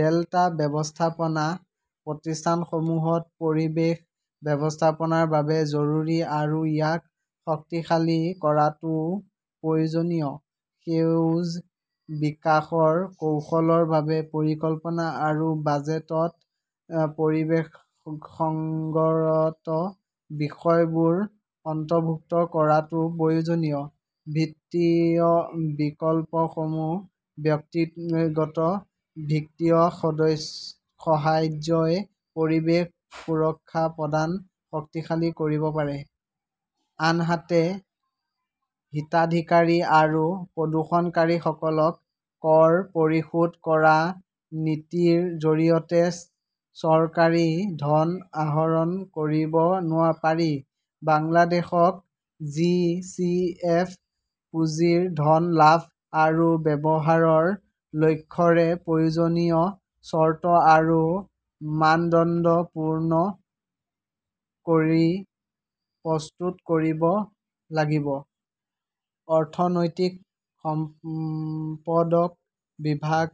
Delta ব্যৱস্থাপনা প্ৰতিষ্ঠানসমূহ পৰিৱেশ ব্যৱস্থাপনাৰ বাবে জৰুৰী আৰু ইয়াক শক্তিশালী কৰাটোও প্ৰয়োজনীয়। সেউজ বিকাশৰ কৌশলৰ বাবে পৰিকল্পনা আৰু বাজেটত পৰিৱেশসংগত বিষয়বোৰ অন্তৰ্ভুক্ত কৰাটো প্ৰয়োজনীয়। বিত্তীয় বিকল্পসমূহঃ ব্যক্তিগত বিত্তীয় সাহায্যই পৰিৱেশ সুৰক্ষা প্ৰদান শক্তিশালী কৰিব পাৰে। আনহাতে, হিতাধিকাৰী আৰু প্ৰদূষকসকলক কৰ পৰিশোধ কৰা নীতিৰ জৰিয়তে চৰকাৰী ধন আহৰণ কৰিব পাৰি। বাংলাদেশক জি. চি. এফ. পুঁজিৰ ধন লাভ আৰু ব্যৱহাৰৰ লক্ষ্যৰে প্ৰয়োজনীয় চৰ্ত আৰু মানদণ্ড পূৰণ কৰি প্ৰস্তুত কৰিব লাগিব। অৰ্থনৈতিক সম্পদ বিভাগ,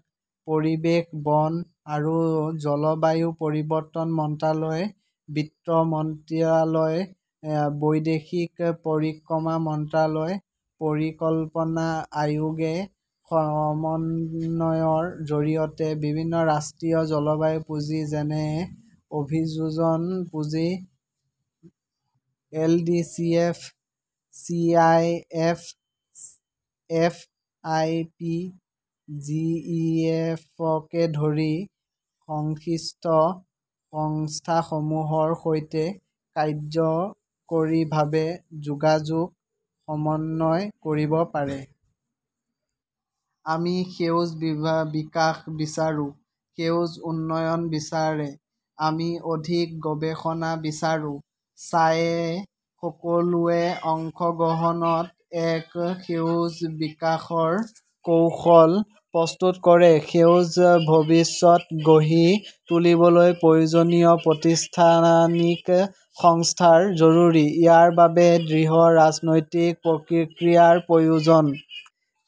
পৰিৱেশ, বন আৰু জলবায়ু পৰিৱৰ্তন মন্ত্ৰালয়, বিত্ত মন্ত্ৰালয়, বৈদেশিক পৰিক্ৰমা মন্ত্ৰালয়, পৰিকল্পনা আয়োগে সমন্বয়ৰ জৰিয়তে বিভিন্ন আন্তঃৰাষ্ট্ৰীয় জলবায়ু পুঁজি যেনে অভিযোজন পুঁজি, এলডিচিএফ, চিআইএফ, এফআইপি, জিইএফকে ধৰি সংশ্লিষ্ট সংস্থাসমূহৰ সৈতে কাৰ্যকৰীভাৱে যোগাযোগ সমন্বয় কৰিব পাৰে। আমি সেউজ বিকাশ বিচাৰো। সেউজ উন্নয়ন বিচাৰে। মই অধিক গৱেষণা বিচাৰো। চায়ে সকলোৰে অংশগ্ৰহণত এক সেউজ বিকাশৰ কৌশল প্ৰস্তুত কৰে। সেউজ ভৱিষ্যত গঢ়ি তুলিবলৈ প্ৰয়োজনীয় প্ৰতিষ্ঠানিক সংস্কাৰ জৰুৰী। ইয়াৰ বাবে দৃঢ় ৰাজনৈতিক প্ৰতিশ্ৰুতিৰ প্ৰয়োজন।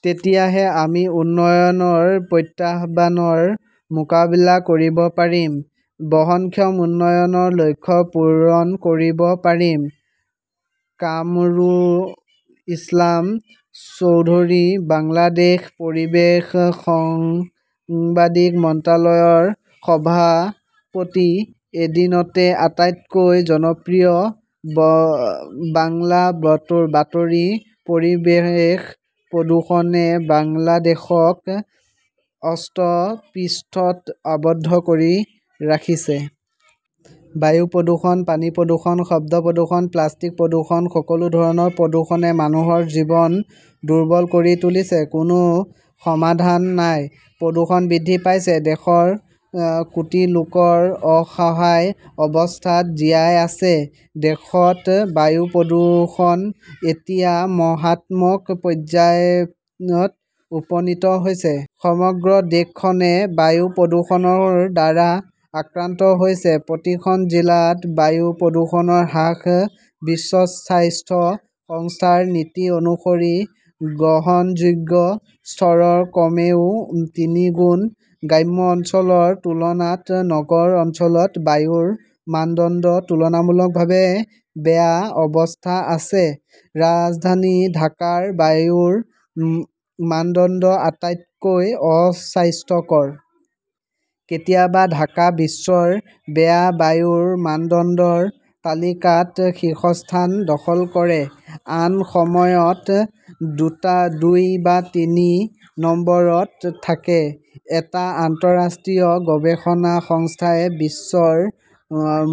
তেতিয়াহে আমি উন্নয়নৰ প্ৰত্যাহ্বানৰ মোকাবিলা কৰিব পাৰিম, বহনক্ষম উন্নয়নৰ লক্ষ্য পূৰণ কৰিব পাৰিম। কামৰুল ইছলাম চৌধুৰীঃ বাংলাদেশ পৰিৱেশ সাংবাদিক মঞ্চৰ সভাপতি। এদিনত আটাইতকৈ জনপ্ৰিয় বাংলা বাতৰি পৰিৱেশ প্ৰদূষণে বাংলাদেশক অষ্টপৃষ্ঠত আবদ্ধ কৰি ৰাখিছে। বায়ু প্ৰদূষণ, পানী প্ৰদূষণ, শব্দ প্ৰদূষণ, প্লাষ্টিক প্ৰদূষণ-সকলো ধৰণৰ প্ৰদূষণে মানুহৰ জীৱন দুৰ্বল কৰি তুলিছে। কোনো সমাধান নাই, প্ৰদূষণ বৃদ্ধি পাইছে। দেশৰ কোটি লোকৰ অসহায় অৱস্থাত জীয়াই আছে। দেশত বায়ু প্ৰদূষণ এতিয়া মাৰাত্মক পৰ্যায়ত উপনীত হৈছে। সমগ্ৰ দেশখনে বায়ু প্ৰদূষণৰ দ্বাৰা আক্ৰান্ত হৈছে। প্ৰতিখন জিলাত বায়ু প্ৰদূষণৰ হাৰ বিশ্ব স্বাস্থ্য সংস্থাৰ নীতি অনুসৰি গ্ৰহণযোগ্য স্তৰৰ কমেও তিনিগুণ। গ্ৰাম্য অঞ্চলৰ তুলনাত নগৰ অঞ্চলত বায়ুৰ মানদণ্ড তুলনামূলকভাৱে বেয়া অৱস্থাত আছে। ৰাজধানী ঢাকাৰ বায়ুৰ মানদণ্ড আটাইতকৈ অস্বাস্থ্যকৰ। কেতিয়াবা ঢাকা বিশ্বৰ বেয়া বায়ুৰ মানদণ্ডৰ তালিকাত শীৰ্ষস্থান দখল কৰে। আন সময়ত দুই বা তিনি নম্বৰত থাকে। এটা আন্তঃৰাষ্ট্ৰীয় গৱেষণা সংস্থাই বিশ্বৰ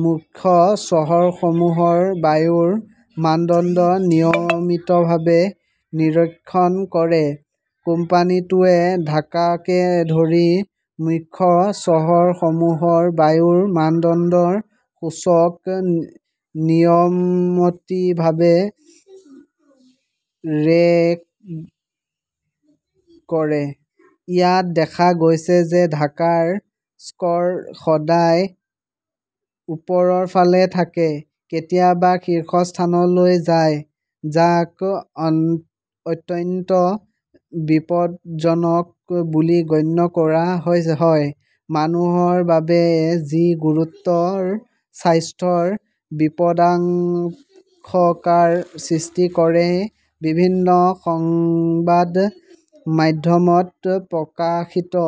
মুখ্য চহৰসমূহৰ বায়ুৰ মানদণ্ড নিয়মিতভাৱে নিৰীক্ষণ কৰে। কোম্পানীটোৱে ঢাকাকে ধৰি মুখ্য চহৰসমূহৰ বায়ুৰ মানদণ্ডৰ সূচক নিয়মিতভাৱে ৰেকৰ্ড কৰে। ইয়াত দেখা গৈছে যে ঢাকাৰ স্ক'ৰ সদায় ওপৰৰ ফালে থাকে। কেতিয়াবা শীৰ্ষস্থানলৈ যায়। যাক অত্যন্ত 'বিপদজনক' বুলি গণ্য কৰা হয়, মানুহৰ বাবে যি গুৰুতৰ স্বাস্থ্যৰ বিপদাশংকাৰ সৃষ্টি কৰে। বিভিন্ন সংবাদ মাধ্যমত প্ৰকাশিত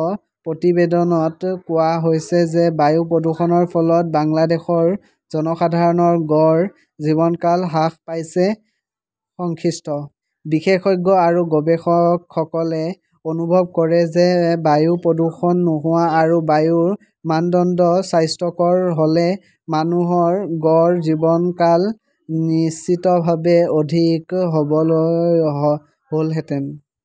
প্ৰতিবেদনত কোৱা হৈছে যে বায়ু প্ৰদূষণৰ ফলত বাংলাদেশৰ জনসাধাৰণৰ গড় জীৱনকাল হ্ৰাস পাইছে। সংশ্লিষ্ট বিশেষজ্ঞ আৰু গৱেষকসকলে অনুভৱ কৰে যে বায়ু প্ৰদূষণ নোহোৱা আৰু বায়ুৰ মানদণ্ড স্বাস্থ্যকৰ হ'লে মানুহৰ গড় জীৱনকাল নিশ্চিতভাৱে অধিক হ'লহেঁতেন।